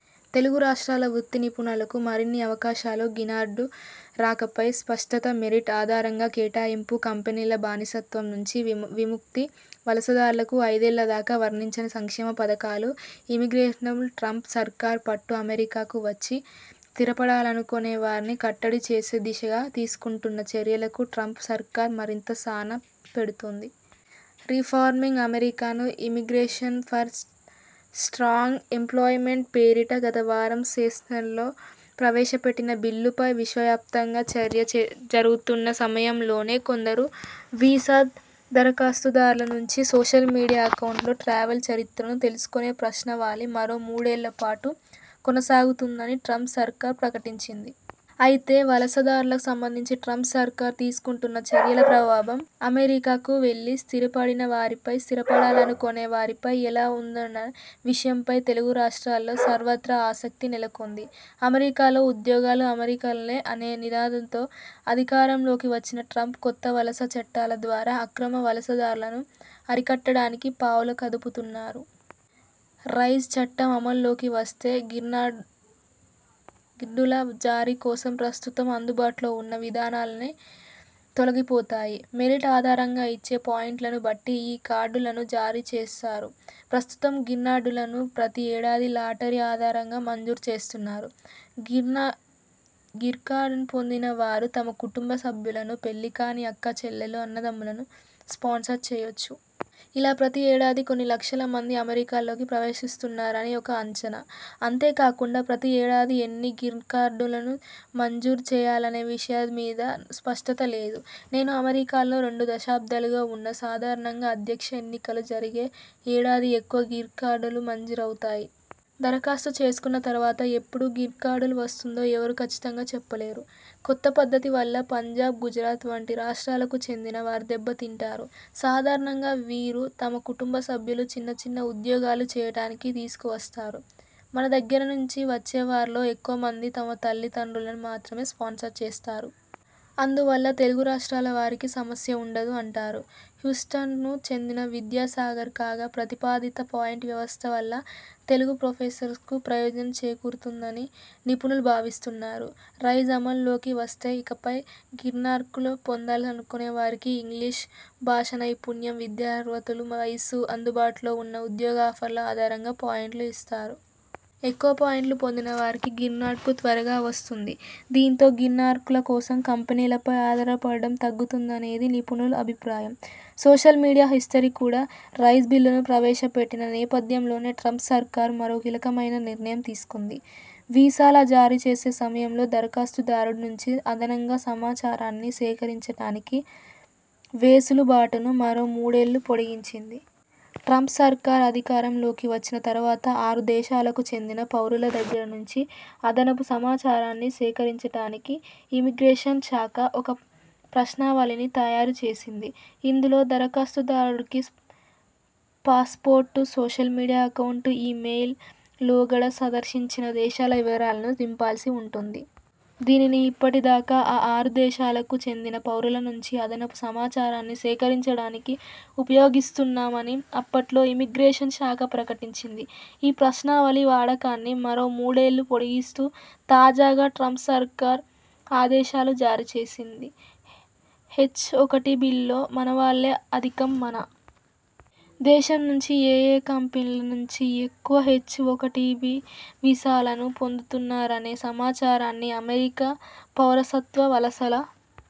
తెలుగు రాష్ట్రాల వృత్తి నిపుణులకు మరిన్ని అవకాశాలు గ్రీన్కార్డు రాకపై స్పష్టత మెరిట్ ఆధారంగా కేటాయింపు కంపెనీల బానిసత్వం నుంచి విముక్తి వలసదారులకు ఐదేళ్ల దాకా వర్తించని సంక్షేమ పథకాలు ఇమిగ్రేషన్పై ట్రంప్ సర్కారు పట్టు అమెరికాకు వచ్చి స్థిరపడాలనుకొనే వారిని కట్టడి చేసే దిశగా తీసుకుంటున్న చర్యలకు ట్రంప్ సర్కారు మరింత సాన పెడుతోంది. Reforming American immigration for strong employment పేరిట గత వారం సెనేట్లో ప్రవేశపెట్టిన బిల్లుపై విశ్వవ్యాప్తంగా చర్చ జరుగుతున్న సమయంలోనే కొందరు వీసా దరఖాస్తుదారుల నుంచి సోషల్ మీడియా అకౌంట్లు, ట్రావెల్ చరిత్రను తెలుసుకొనే ప్రశ్నావళి మరో మూడేళ్ల పాటు కొనసాగుతుందని ట్రంప్ సర్కారు ప్రకటించింది. అయితే, వలస దారులకు సంబంధించి ట్రంప్ సర్కారు తీసుకుంటున్న చర్యల ప్రభావం అమెరికాకు వెళ్లి స్థిర పడిన వారిపై, స్థిరపడాలనుకొనే వారిపై ఎలా ఉంటుందనే విషయంపై తెలుగు రాష్ట్రాల్లో సర్వత్రా ఆసక్తి నెలకొంది. అమెరికాలో ఉద్యోగాలు అమెరికన్లకే అనే నినాదంతో అధికారంలోకి వచ్చిన ట్రంప్ కొత్త వలస చట్టాల ద్వారా అక్రమ వలసదారులను అరికట్టడానికి పావులు కదుపుతున్నారు. రైజ్ చట్టం అమలులోకి వస్తే గ్రీన్కార్డుల జారీ కోసం ప్రస్తుతం అందుబాటులో ఉన్న విధానాలన్నీ తొలగిపోతాయి. మెరిట్ ఆధారంగా ఇచ్చే పాయింట్లను బట్టి ఈ కార్డులను జారీ చేస్తారు. ప్రస్తుతం గ్రీన్కార్డులను ప్రతి ఏడాది లాటరీ ఆధారంగా మంజూరు చేస్తున్నారు. గ్రీన్కార్డు పొందిన వారు తమ కుటుంబ సభ్యులను, పెళ్లి కాని అక్కా చెల్లెళ్లు, అన్నదమ్ములను స్పాన్సర్ చేయొచ్చు. ఇలా ప్రతి ఏడాది కొన్ని లక్షల మంది అమెరికాలోకి ప్రవేశిస్తున్నారని ఒక అంచనా. అంతే కాకుండా ప్రతి ఏడాది ఎన్ని గ్రీన్కార్డులను మంజూరు చేయాలనే విషయమ్మీద స్పష్టత లేదు. నేను అమెరికాలో రెండు దశాబ్దాలుగా ఉన్నా. సాధారణంగా అధ్యక్ష ఎన్నికలు జరిగే ఏడాది ఎక్కువ గ్రీన్కార్డులు మంజూరవుతాయి. దరఖాస్తు చేసుకున్న తర్వాత ఎప్పుడు గ్రీన్కార్డు వస్తుందో ఎవరూ కచ్చితంగా చెప్పలేరు. కొత్త పద్ధతి వల్ల పంజాబ్, గుజరాత్ వంటి రాష్ట్రాలకు చెందిన వారు దెబ్బతింటారు. సాధారణంగా వీరు తమ కుటుంబ సభ్యులను చిన్నచిన్న ఉద్యోగాలు చేయటానికి తీసుకు వస్తారు. మన దగ్గర నుంచి వచ్చే వారిలో ఎక్కువ మంది తమ తల్లి దండ్రులను మాత్రమే స్పాన్సర్ చేస్తారు. అందు వల్ల తెలుగు రాష్ట్రాల వారికి సమస్య ఉండదు అంటారు హ్యూస్టన్కు చెందిన విద్యాసాగర్. కాగా, ప్రతిపాదిత పాయింట్ వ్యవస్థ వల్ల తెలుగు ప్రొఫెషనల్స్కు ప్రయోజనం చేకూరుతుందని నిపుణులు భావిస్తున్నారు. రైజ్ అమలు లోకి వస్తే ఇకపై గ్రీన్కార్డులు పొందాలనుకొనేవారికి ఇంగ్లిషు భాషానైపుణ్యం, విద్యార్హతలు, వయస్సు, అందుబాటులో ఉన్న ఉద్యోగ ఆఫర్ల ఆధారంగా పాయింట్లు ఇస్తారు. ఎక్కువ పాయింట్లు పొందిన వారికి గ్రీన్కార్డు త్వరగా వస్తుంది. దీంతో గ్రీన్కార్డుల కోసం కంపెనీలపై ఆధారపడటం తగ్గుతుందనేది నిపుణుల అభిప్రాయం. సోషల్ మీడియా హిస్టరీ కూడా, రైజ్ బిల్లును ప్రవేశ పెట్టిన నేపథ్యంలోనే ట్రంప్ సర్కారు మరో కీలకమైన నిర్ణయం తీసుకుంది. వీసాల జారీ చేసే సమయంలో దరఖాస్తు దారుడి నుంచి అదనంగా సమాచారాన్ని సేకరించటానికి వెసులు బాటును మరో మూడేళ్లు పొడిగించింది. ట్రంప్ సర్కారు అధికారం లోకి వచ్చిన తర్వాత ఆరు దేశాలకు చెందిన పౌరుల దగ్గర నుంచి అదనపు సమాచారాన్ని సేకరించటానికి ఇమిగ్రేషన్ శాఖ ఒక ప్రశ్నావళిని తయారు చేసింది. ఇందులో దరఖాస్తు దారుడికి passport, social media account, email, లోగడ సందర్శించిన దేశాల వివరాలను నింపాల్సి ఉంటుంది. దీనిని ఇప్పటి దాకా ఆ ఆరు దేశాలకు చెందిన పౌరుల నుంచి అదనపు సమాచారాన్ని సేకరించటానికి ఉపయోగిస్తామని అప్పట్లో ఇమిగ్రేషన్ శాఖ ప్రకటించింది. ఈ ప్రశ్నావళి వాడకాన్ని మరో మూడేళ్లు పొడిగిస్తూ తాజాగా ట్రంప్ సర్కారు ఆదేశాలు జారీ చేసింది. హెచ్ఒకటిబీల్లో మనవాళ్లే అధికం మన దేశం నుంచి ఏయే కంపెనీల నుంచి ఎక్కువ హెచ్ఒకటిబీ వీసాలను పొందుతున్నారనే సమాచారాన్ని అమెరికా పౌరసత్వ వలసల